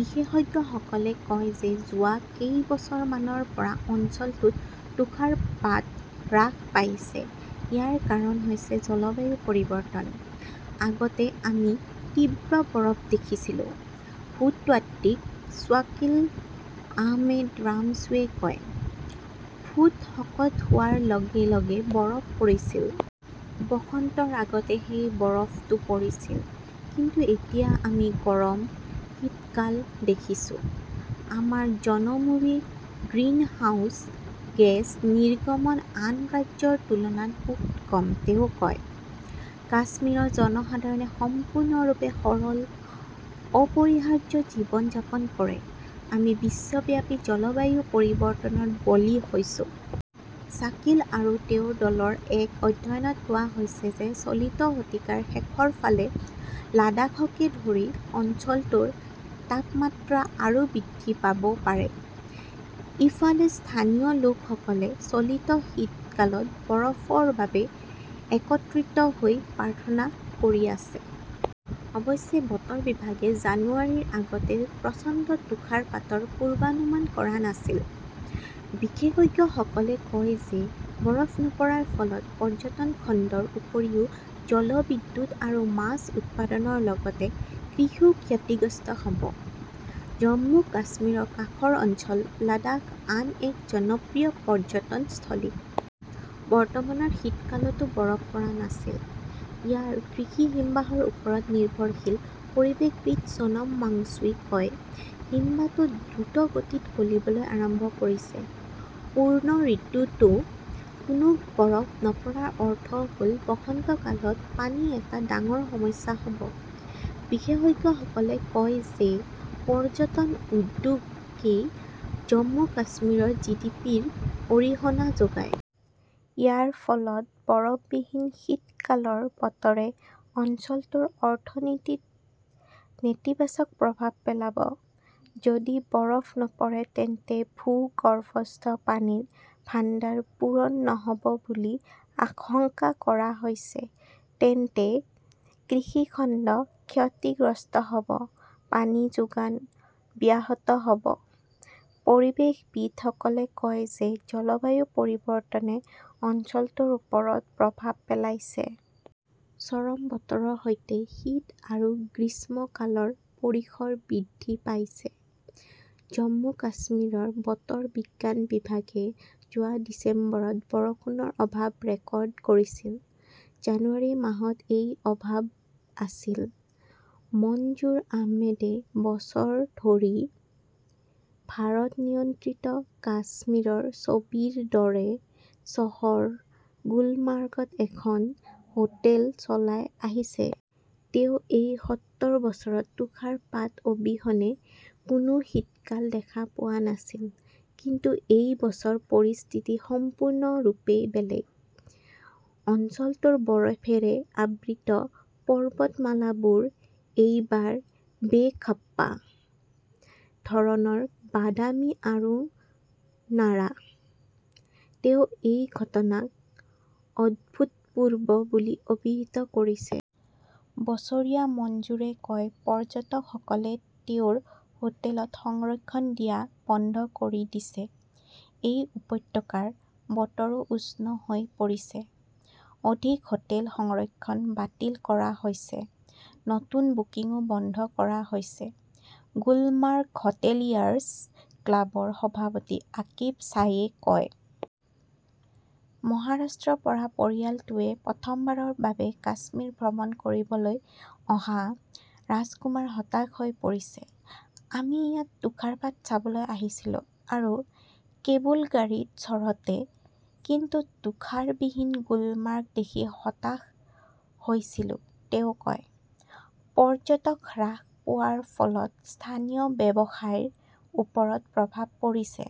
বিশেষজ্ঞসকলে কয় যে যোৱা কেইবছৰমানৰ পৰা অঞ্চলটোত তুষাৰপাত হ্ৰাস পাইছে। ইয়াৰ কাৰণ হৈছে জলবায়ু পৰিৱৰ্তন। " -আগতে আমি তীব্ৰ বৰফ দেখিছিলোঁ", ভূতাত্ত্বিক শ্বাকিল আহমেদ ৰামছুৱে কয়। ফুট শকত হোৱাৰ লগে লগে বৰফ পৰিছিল। বসন্তৰ আগতে সেই বৰফটো পৰিছিল। কিন্তু এতিয়া আমি গৰম শীতকাল দেখিছোঁ। "আমাৰ জনমূৰি গ্ৰিনহাউজ গেছ নিৰ্গমন আন ৰাজ্যৰ তুলনাত বহু কম", তেওঁ কয়। কাশ্মীৰৰ জনসাধাৰণে সম্পূৰ্ণৰূপে সৰল, অপৰিহাৰ্য জীৱন যাপন কৰে। আমি বিশ্বব্যাপী জলবায়ু পৰিৱৰ্তনৰ বলি হৈছো। "শাকিল আৰু তেওঁৰ দলৰ এক অধ্যয়নত কোৱা হৈছে যে চলিত শতিকাৰ শেষৰ ফালে লাডাখকে ধৰি অঞ্চলটোৰ তাপমাত্ৰা আৰু বৃদ্ধি পাব পাৰে।" ইফালে, স্থানীয় লোকসকলে চলিত শীতকালত বৰফৰ বাবে একত্ৰিত হৈ প্ৰাৰ্থনা কৰি আছে। অৱশ্যে, বতৰ বিভাগে জানুৱাৰীৰ আগতে প্ৰচণ্ড তুষাৰপাতৰ পূৰ্বানুমান কৰা নাছিল। বিশেষজ্ঞসকলে কয় যে বৰফ নপৰাৰ ফলত পৰ্যটন খণ্ডৰ উপৰিও জলবিদ্যুৎ আৰু মাছ উৎপাদনৰ লগতে কৃষিও ক্ষতিগ্ৰস্ত হ'ব। জম্মু-কাশ্মীৰৰ কাষৰ অঞ্চল লাডাখ আন এক জনপ্ৰিয় পৰ্যটনস্থলী। বৰ্তমানৰ শীতকালতও বৰফ পৰা নাছিল। "ইয়াৰ কৃষি হিমবাহৰ ওপৰত নিৰ্ভৰশীল", পৰিৱেশবিদ সোনম ৱাংচুৱেই কয়। হিমবাহটো দ্ৰুতগতিত গলিবলৈ আৰম্ভ কৰিছে। পূৰ্ণ ঋতুতও কোনো বৰফ নপৰাৰ অৰ্থ হ'ল বসন্তকালত পানী এটা ডাঙৰ সমস্যা হ'ব। "বিশেষজ্ঞসকলে কয় যে পৰ্যটন উদ্যোগেই জম্মু-কাশ্মীৰৰ জিডিপিৰ অৰিহণা যোগায়। ইয়াৰ ফলত বৰফবিহীন শীতকালৰ বতৰে অঞ্চলটোৰ অৰ্থনীতিত নেতিবাচক প্ৰভাৱ পেলাব। যদি বৰফ নপৰে তেন্তে ভূগৰ্ভস্থ পানীৰ ভাণ্ডাৰ পূৰণ নহ'ব বুলি আশংকা কৰা হৈছে, তেন্তে কৃষি খণ্ড ক্ষতিগ্ৰস্ত হ'ব; পানী যোগান ব্যাহত হ'ব। পৰিৱেশবিদসকলে কয় যে জলবায়ু পৰিৱৰ্তনে অঞ্চলটোৰ ওপৰত প্ৰভাৱ পেলাইছে। চৰম বতৰৰ সৈতে শীত আৰু গ্ৰীষ্মকালৰ পৰিসৰ বৃদ্ধি পাইছে। জম্মু-কাশ্মীৰৰ বতৰ বিজ্ঞান বিভাগে যোৱা ডিচেম্বৰত বৰষুণৰ অভাৱ ৰেকৰ্ড কৰিছিল। জানুৱাৰী মাহত এই অভাৱ আছিল। মনজুৰ আহমেদে বছৰ ধৰি ভাৰত-নিয়ন্ত্ৰিত কাশ্মীৰৰ ছবিৰ দৰে চহৰ গুলমাৰ্গত এখন হোটেল চলাই আহিছে। তেওঁ এই সতৰ বছৰত তুষাৰপাত অবিহনে কোনো শীতকাল দেখা পোৱা নাছিল। কিন্তু এই বছৰ পৰিস্থিতি সম্পূৰ্ণৰূপে বেলেগ। অঞ্চলটোৰ বৰফৰে আবৃত পৰ্বতমালাবোৰ এইবাৰ বেখাপ্পা ধৰণৰ বাদামী আৰু নাৰা। তেওঁ এই ঘটনাক "অভূতপূৰ্ব" বুলি অভিহিত কৰিছে। বছৰীয়া মনজুৰে কয়, "পৰ্যটকসকলে তেওঁৰ হোটেলত সংৰক্ষণ দিয়া বন্ধ কৰি দিছে।"এই উপত্যকাৰ বতৰো উষ্ণ হৈ পৰিছে।" অধিক হোটেল সংৰক্ষণ বাতিল কৰা হৈছে, নতুন বুকিংও বন্ধ কৰা হৈছে", গুলমাৰ্গ হোটেলিয়াৰ্ছ ক্লাবৰ সভাপতি আকিব ছায়ে কয়। "মহাৰাষ্ট্ৰৰ পৰা পৰিয়ালটোৱে প্ৰথমবাৰৰ বাবে কাশ্মীৰ ভ্ৰমণ কৰিবলৈ অহা ৰাজকুমাৰ হতাশ হৈ পৰিছে। "আমি ইয়াত তুষাৰপাত চাবলৈ আহিছিলো আৰু কেবুল গাড়ীত চড়তে. কিন্তু তুষাৰবিহীন গুলমাৰ্গ দেখি হতাশ হৈছিলো", তেওঁ কয়। "পৰ্যটক হ্ৰাস পোৱাৰ ফলত স্থানীয় ব্যৱসায়ৰ ওপৰত প্ৰভাৱ পৰিছে।